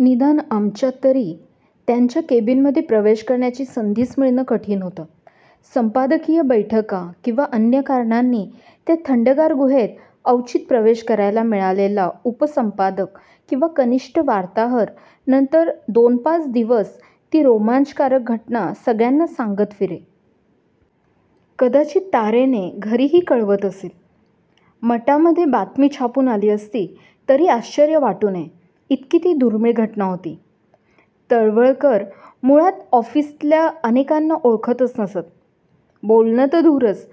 निदान आमच्यात तरी. त्यांच्या केबिनमध्ये प्रवेश करण्याची संधीच मिळणं कठीण होतं. संपादकीय बैठका किंवा अन्य कारणांनी त्या थंडगार गुहेत अवचित प्रवेश करायला मिळालेला उपसंपादक किंवा कनिष्ठ वार्ताहर नंतर दोन-पाच दिवस ती रोमांचकारक घटना सगळ्यांना सांगत फिरे. कदाचित तारेने घरीही कळवत असेल. मटामध्ये बातमी छापून आली असती, तरी आश्चर्य वाटू नये, इतकी ती दुर्मीळ घटना होती. तळवलकर मुळात ऑफिसातल्या अनेकांना ओळखतच नसत. बोलणं तर दूरच.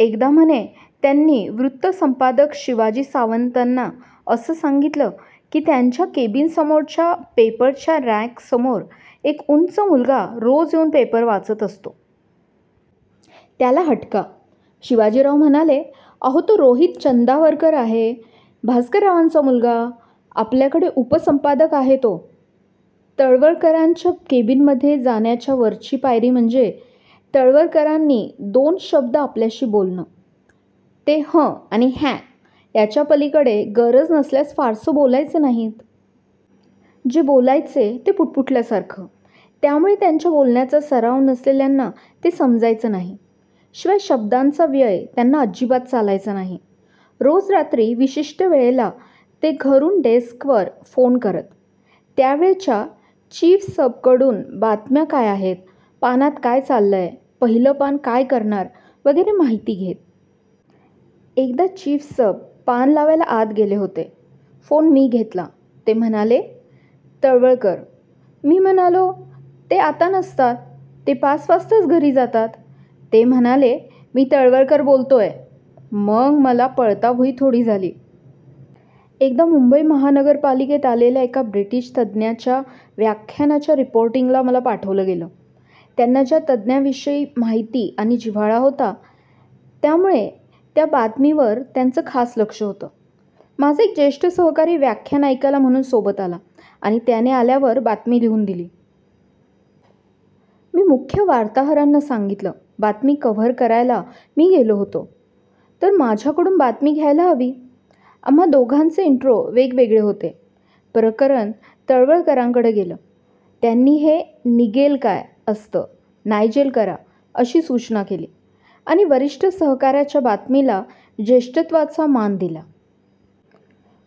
एकदा म्हणे त्यांनी वृत्तसंपादक शिवाजी सावंतांना असं सांगितलं की, त्यांच्या केबिनसमोरच्या पेपरच्या रॅकसमोर एक उंच मुलगा रोज येऊन पेपर वाचत असतो. त्याला हटका. शिवाजीराव म्हणाले, अहो, तो रोहित चंदावरकर आहे, भास्कररावांचा मुलगा. आपल्याकडे उपसंपादक आहे तो. तळवलकरांच्या केबिनमध्ये जाण्याच्या वरची पायरी म्हणजे तळवलकरांनी दोन शब्द आपल्याशी बोलणं. ते हं आणि हँ याच्यापलीकडे गरज नसल्यास फारसं बोलायचे नाहीत. जे बोलायचे, ते पुटपुटल्यासारखं. त्यामुळे त्यांच्या बोलण्याचा सराव नसलेल्यांना ते समजायचं नाही. शिवाय शब्दांचा व्यय त्यांना अजिबात चालायचा नाही. रोज रात्री विशिष्ट वेळेला ते घरून डेस्कवर फोन करत. त्या वेळच्या चीफसबकडून बातम्या काय आहेत, पानात काय चाललंय, पहिलं पान काय करणार वगैरे माहिती घेत. एकदा चीफसब पान लावायला आत गेले होते. फोन मी घेतला. ते म्हणाले, तळवलकर. मी म्हणालो, ते आता नसतात. ते पाच वाजताच घरी जातात. ते म्हणाले, मी तळवलकर बोलतोय. मग मला पळता भुई थोडी झाली! एकदा मुंबई महानगरपालिकेत आलेल्या एका ब्रिटिश तज्ज्ञाच्या व्याख्यानाच्या रिपोर्टिंगला मला पाठवलं गेलं. त्यांना त्या तज्ज्ञाविषयी माहिती आणि जिव्हाळा होता. त्यामुळे त्या बातमीवर त्यांचं खास लक्ष होतं. माझा एक ज्येष्ठ सहकारी व्याख्यान ऐकायला म्हणून सोबत आला आणि त्याने आल्यावर बातमी लिहून दिली. मी मुख्य वार्ताहरांना सांगितलं, बातमी कव्हर करायला मी गेलो होतो, तर माझ्याकडून बातमी घ्यायला हवी. आम्हा दोघांचे इन्ट्रो वेगवेगळे होते. प्रकरण तळवलकरांकडे गेलं. त्यांनी हे निगेल काय असतं, नायजेल करा अशी सूचना केली आणि वरिष्ठ सहकाऱ्याच्या बातमीला ज्येष्ठत्वाचा मान दिला.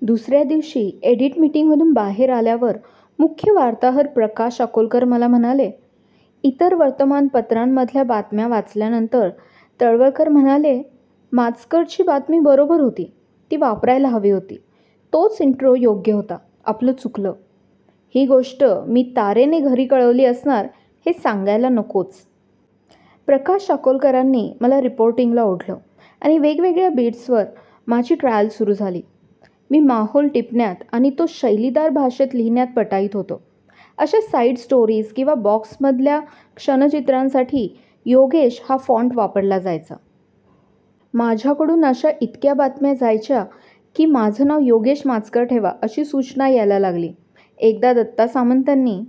दुसऱ्या दिवशी एडिट मीटिंगमधून बाहेर आल्यावर मुख्य वार्ताहर प्रकाश अकोलकर मला म्हणाले, इतर वर्तमानपत्रांमधल्या बातम्या वाचल्यानंतर तळवलकर म्हणाले, माचकरची बातमी बरोबर होती. ती वापरायला हवी होती. तोच इन्ट्रो योग्य होता. आपलं चुकलं. ही गोष्ट मी तारेने घरी कळवली असणार, हे सांगायला नकोच. प्रकाश अकोलकरांनी मला रिपोर्टिंगला ओढलं आणि वेगवेगळ्या बीट्सवर माझी ट्रायल सुरू झाली. मी माहौल टिपण्यात आणि तो शैलीदार भाषेत लिहिण्यात पटाईत होतो. अशा साइड स्टोरीज किंवा बॉक्समधल्या क्षणचित्रांसाठी योगेश हा फॉन्ट वापरला जायचा. माझ्याकडून अशा इतक्या बातम्या जायच्या की, माझं नाव योगेश माचकर ठेवा, अशी सूचना यायला लागली. एकदा दत्ता सामंतांनी